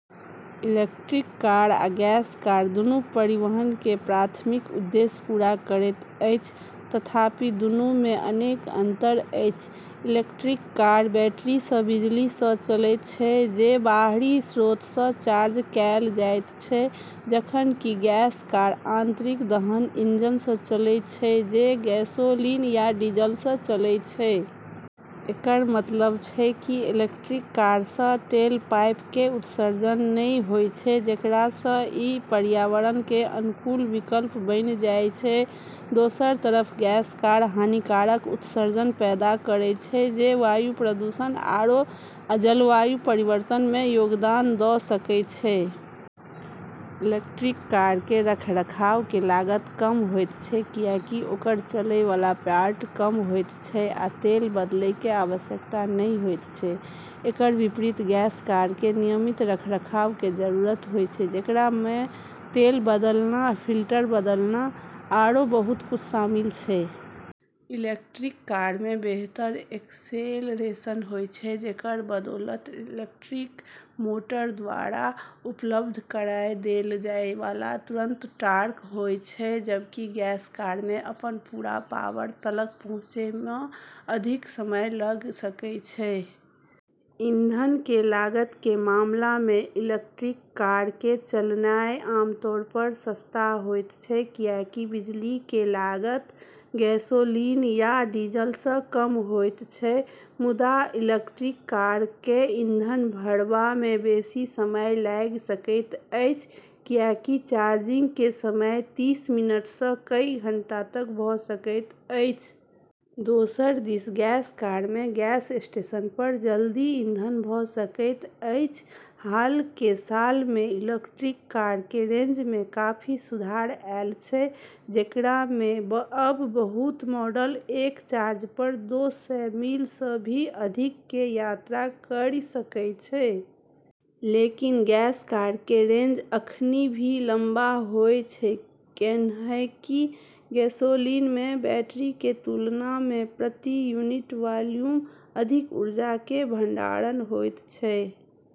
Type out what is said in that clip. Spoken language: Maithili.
इलेक्ट्रिक कार आ गैस कार दुनू परिवहन के प्राथमिक उद्देश्य पूरा करैत अछि, तथापि दुनू मे अनेक अंतर अछि। इलेक्ट्रिक कार बैटरी सँ बिजली सँ चलै छै जे बाहरी स्रोत सँ चार्ज कैल जाइत छै, जखन कि गैस कार आंतरिक दहन इंजन सँ चलै छै जे गैसोलीन या डीजल सँ चलै छै। एकर मतलब छै कि इलेक्ट्रिक कार सँ टेलपाइप के उत्सर्जन नै होय छै, जेकरा सँ ई पर्यावरण के अनुकूल विकल्प बनी जाय छै। दोसर तरफ गैस कार हानिकारक उत्सर्जन पैदा करै छै जे वायु प्रदूषण आरू जलवायु परिवर्तन मे योगदान दऽ सकै छै। इलेक्ट्रिक कार के रखरखाव के लागत कम होयत छै, कियाकि ओकर चलैय वाला पार्ट कम होयत छै आ तेल बदलय के आवश्यकता नहि होयत छै। एकर विपरीत गैस कार के नियमित रखरखाव के जरूरत होय छै, जेकरा म॑ तेल बदलना, फिल्टर बदलना, आरू बहुत कुछ शामिल छै। इलेक्ट्रिक कार मे बेहतर एक्सेलरेशन होय छै, जेकर बदौलत इलेक्ट्रिक मोटर द्वारा उपलब्ध कराय देल जाय वाला तुरंत टॉर्क होय छै, जबकि गैस कार मे अपन पूरा पावर तलक पहुँचै म॑ अधिक समय लगऽ सकै छै। ईंधन के लागत के मामला मे, इलेक्ट्रिक कार के चलनाय आमतौर पर सस्ता होयत छै, कियाकि बिजली के लागत गैसोलीन या डीजल सँ कम होयत छै। मुदा इलेक्ट्रिक कार कए ईंधन भरबा मे बेसी समय लागि सकैत अछि, कियाकि चार्जिंग के समय [तीस] मिनट सँ कई घंटा तक भऽ सकैत अछि। दोसर दिस गैस कार मे गैस स्टेशन पर जल्दी ईंधन भऽ सकैत अछि। हाल के साल मे इलेक्ट्रिक कार के रेंज मे काफी सुधार ऐल छै, जेकरा मे अब बहुत मॉडल एक चार्ज पर [दो सय] मील सँ भी अधिक के यात्रा करी सकै छै। लेकिन गैस कार के रेंज अखनी भी लम्बा होय छै, कैन्हेंकि गैसोलीन मे बैटरी के तुलना म॑ प्रति यूनिट वॉल्यूम अधिक ऊर्जा के भंडारण होइत छै।